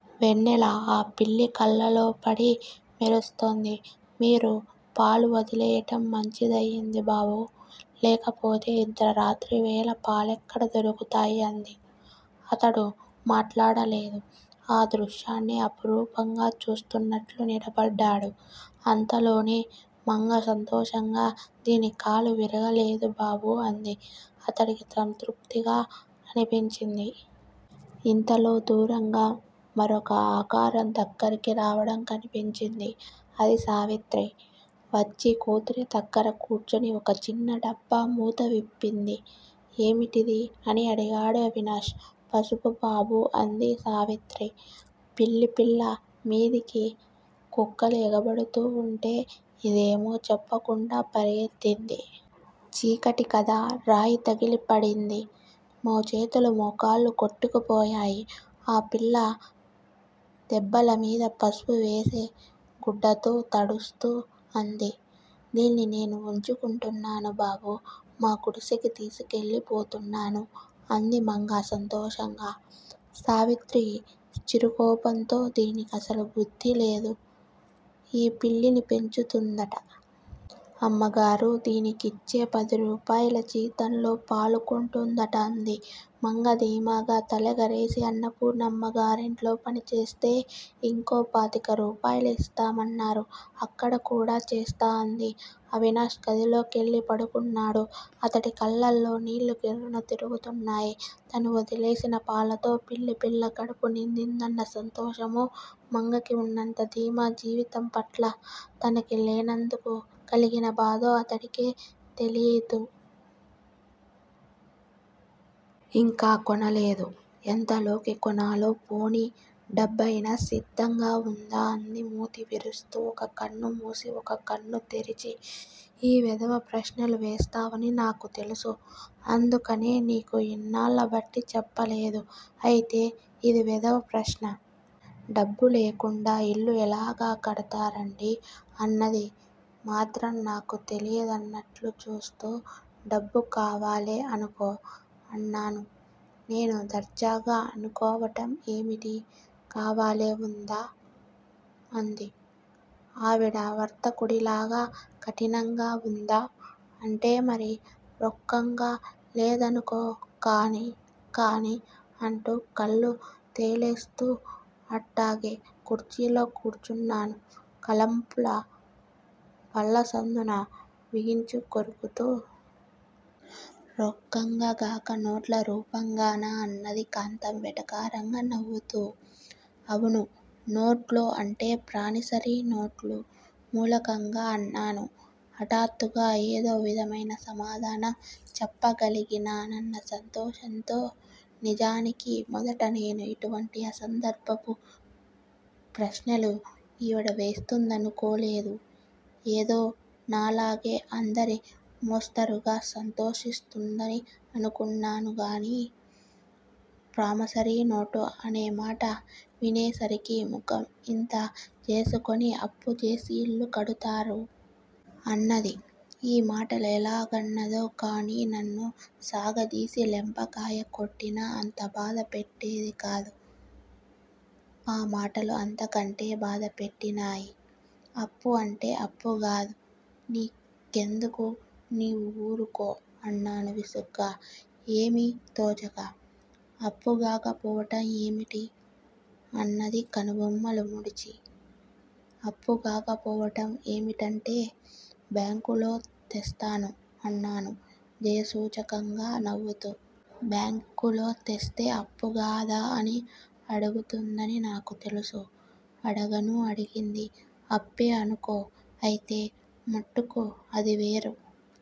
వెన్నెల ఆ పిల్లి కళ్ళల్లోపడి మెరుస్తోంది. మీరు పాలు వదిలేయటం మంచిదయింది బాబూ. లేకపోతే ఇంత రాత్రివేళ పాలెక్కడ దొరుకుతాయి అంది. అతడు మాట్లాడలేదు. ఆ దృశ్యాన్నే అపురూపంగా చూస్తున్నట్లు నిలబడ్డాడు. అంతలోనే మంగ సంతోషంగా దీని కాలు విరగలేదు బాబూ అంది. అతడికి సంతృప్తిగా అనిపించింది. ఇంతలో దూరంగా మరొక ఆకారం దగ్గరికి రావడం కనిపించింది. అది సావిత్రి. వచ్చి కూతురి దగ్గర కూర్చొని ఒక చిన్న డబ్బా మూతవిప్పింది. ఏమిటిది? అని అడిగాడు అవినాష్. పసుపు బాబూ అంది సావిత్రి. పిల్లిపిల్ల మీదకి కుక్కలు ఎగబడుతూ వుంటే ఇదేమో చెప్పకుండా పరిగెత్తింది. చీకటి కదా. రాయితగిలి పడింది. మోచేతులు, మోకాళ్ళు కొట్టుకుపోయాయి ఆ పిల్ల దెబ్బల మీద పసుపువేసి గుడ్డతో తడుస్తూ అంది. దీన్ని నేను వుంచుకుంటున్నానుబాబూ. మా గుడిసెకి తీసికెళ్ళి పోతున్నాను అంది మంగ సంతోషంగా. సావిత్రి చిరుకోపంతో దీని కసలు బుద్ధిలేదు. ఈ పిల్లిని పెంచుతుందట. అమ్మగారు దీనికిచ్చే పదిరూపాయలు జీతంలో పాలు కొంటుందట అంది. మంగ ధీమాగా తలెగరెసి అన్నపూర్ణమ్మగారింట్లో పనిచేస్తే ఇంకో పాతిక రూపాయలు యిస్తామన్నారు. అక్కడకూడా చేస్తా అంది. అవినాష్ గదిలోకెళ్ళి పడుకున్నాడు. అతడి కళ్ళల్లో నీళ్ళు గిర్రున తిరుగుతున్నాయి. తను వదిలేసినా పాలతో పిల్లిపిల్ల కడుపు నిందిందన్న సంతోషమో, మంగకి వున్నంత ధీమా జీవితంపట్ల తనకి లేనందుకు కలిగిన బాధో అతడికే తెలీదు. 'యింకా కొనలేదు, ఎంతలోకి కొనాలె! ' 'పోనీ డబ్బు అయినా సిద్దంగా ఉందా' అంది మూతి విరుస్తూ ఒక కన్ను మూసి ఒక కన్ను తెరచి. 'ఈ వెధవ ప్రశ్నలు వేస్తావని నాకు తెలుసు. అందుకనే నీకు యిన్నాళ్ళ బట్టీ చెప్పలేదు. అయితే యిది వెధవప్రశ్న?? డబ్బు లేకుండా యిల్లు ఎల్లాగ కడతారండీ అన్నది మాత్రం నాకు తెలియదన్నట్లు చూస్తూ. 'డబ్బు కావాలే అనుకో' అన్నాను నేను దర్జాగా 'అనుకోవటం ఏమిటీ? కావాలె_ఉందా? ' అంది ఆవిడ వర్తకుడిలాగ కఠినంగా? 'ఉందా అంటేమరీ రొక్కంగా లేదనుకో కానీ కానీ ' అంటూ కళ్ళు తేలేస్తూ అట్టాగే కుర్చీలో కూర్చున్నాను కలంపుల్ల పళ్ళసందున బిగించికొరుకుతూ. 'రొక్కంగా గాక నోట్లరూపంగానా అన్నది కాంతం వెటకారంగా నవ్వుతూ. ' 'అవునూ నోట్లో అంటే ప్రానిసరీనోట్లు మూలకంగా' అన్నాను. హఠాత్తుగా ఏదోవిధమైన సమాధానం చెప్పగలిగినానన్న సంతోషంతో నిజానికి మొదట నేను ఇటువంటి అసందర్భపు ప్రశ్నలు ఈవిడ వేస్తుందనుకోలేదు ఏదోనాలాగే అందరి మోస్తరుగా సంతోషిస్తుంది అనుకున్నానుగాని. ప్రామసరీ నోటు అనేమాట వినేసరికి, ముఖం ఇంత జేసుకొని అప్పుజేసి ఇల్లుకడతారూ? అన్నది. ఈమాటలు ఎల్లాగన్నదో కానినన్ను సాగదీసి లెంపకాయ కొట్టినా, అంతబాధ పెట్టేదికాదు. ఆ మాటలు అంతకంటె బాధపెట్టినయి. 'అప్పు అంటే అప్పుగాదు. నీ కెందుకూ నీవు ఊరుకో' అన్నాను విసుగ్గా ఏమీ తోచక. 'అప్పుగాక పోవటం ఏమిటి? అన్నది కనుబొమ్మలు ముడిచి. 'అప్పుగాక పోవటం ఏమిటంటే బ్యాంకులో తెస్తాను' అన్నాను జయసూచకంగా నవ్వుతూ. 'బ్యాంకులో తెస్తే అప్పుగాదా? అని అడుగుతుందని నాకు తెలుసూ. అడగనూ అడిగింది. ' అప్పే అనుకో, అయితే మట్టుకు అదివేరు.